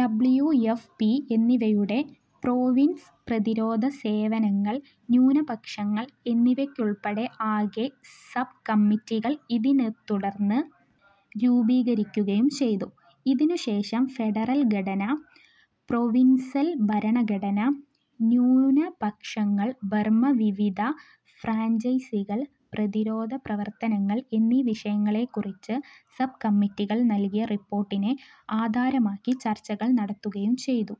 W. F. P എന്നിവയുടെ province, പ്രതിരോധ സേവനങ്ങൾ, ന്യൂനപക്ഷങ്ങൾ എന്നിവയ്ക്കുൾപ്പെടെ ആകെ സബ്കമ്മിറ്റികൾ ഇതിനെത്തുടർന്ന് രൂപീകരിക്കുകയും ചെയ്തു. ഇതിനുശേഷം ഫെഡറൽ ഘടന, പ്രൊവിൻസൽ ഭരണഘടന, ന്യൂനപക്ഷങ്ങൾ, ബർമ, വിവിധ ഫ്രാഞ്ചൈസികൾ, പ്രതിരോധ പ്രവർത്തനങ്ങൾ എന്നീ വിഷയങ്ങളെക്കുറിച്ച് സബ്കമ്മിറ്റികൾ നൽകിയ റിപ്പോർട്ടിനെ ആധാരമാക്കി ചർച്ചകൾ നടത്തുകയും ചെയ്തു.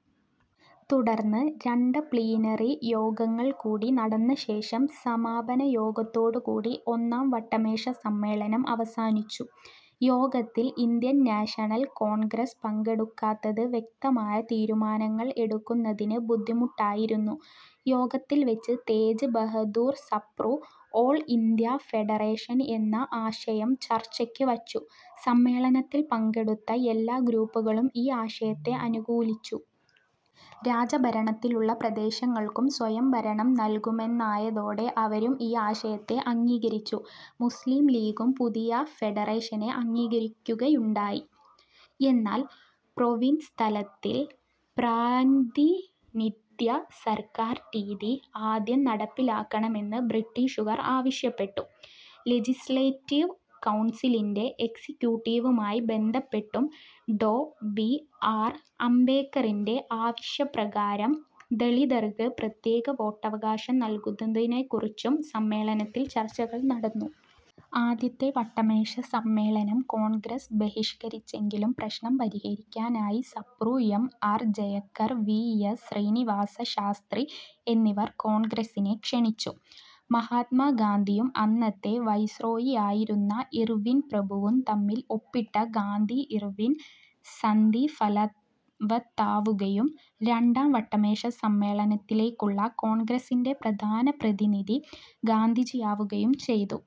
തുടർന്ന് രണ്ട പ്ലീനറി യോഗങ്ങൾ കൂടി നടന്നശേഷം സമാപനയോഗത്തോടുകൂടി ഒന്നാം വട്ടമേശസമ്മേളനം അവസാനിച്ചു. യോഗത്തിൽ ഇന്ത്യൻ നാഷണൽ കോൺഗ്രസ് പങ്കെടുക്കാത്തത് വ്യക്തമായ തീരുമാനങ്ങൾ എടുക്കുന്നതിന് ബുദ്ധിമുട്ടായിരുന്നു. യോഗത്തിൽ വച്ച് Tej Bahadur Sapru, all India federation എന്ന ആശയം ചർച്ചയ്ക്ക് വച്ചു. സമ്മേളനത്തിൽ പങ്കെടുത്ത എല്ലാ ഗ്രൂപ്പുകളും ഈ ആശയത്തെ അനുകൂലിച്ചു. രാജഭരണത്തിലുള്ള പ്രദേശങ്ങൾക്കും സ്വയം ഭരണം നൽകുമെന്നായതോടെ അവരും ഈ ആശയത്തെ അംഗീകരിച്ചു. മുസ്ലിം ലീഗും പുതിയ ഫെഡറേഷനെ അംഗീകരിക്കുകയുണ്ടായി. എന്നാൽ പ്രൊവിൻസ് തലത്തിൽ പ്രാതിനിധ്യ സർക്കാർ രീതി ആദ്യം നടപ്പിലാക്കണമെന്ന് ബ്രിട്ടീഷുകാർ ആവശ്യപ്പെട്ടു. ലെജിസ്ലേറ്റീവ് കൗൺസിലിന്റെ എക്സിക്യൂട്ടീവുമായി ബന്ധപ്പെട്ടും ഡോ. ബി. ആർ. അംബേദ്കറിന്റെ ആവശ്യപ്രകാരം ദളിതർക്ക് പ്രത്യേക വോട്ടവകാശം നൽകുന്നതിനെക്കുറിച്ചും സമ്മേളനത്തിൽ ചർച്ചകൾ നടന്നു. ആദ്യത്തെ വട്ടമേശസമ്മേളനം കോൺഗ്രസ് ബഹിഷ്കരിച്ചെങ്കിലും പ്രശ്നം പരിഹരിക്കാനായി Sapru, M. R. Jayakar, V. S. Srinivasa Sastri എന്നിവർ കോൺഗ്രസിനെ ക്ഷണിച്ചു. മഹാത്മാഗാന്ധിയും അന്നത്തെ വൈസ്രോയിയായിരുന്ന ഇർവിൻ പ്രഭുവും തമ്മിൽ ഒപ്പിട്ട ഗാന്ധി ഇർവിൻ സന്ധി ഫലവത്താവുകയും രണ്ടാം വട്ടമേശസമ്മേളനത്തിലേക്കുള്ള കോൺഗ്രസിന്റെ പ്രധാന പ്രതിനിധി ഗാന്ധിജിയാവുകയും ചെയ്തു.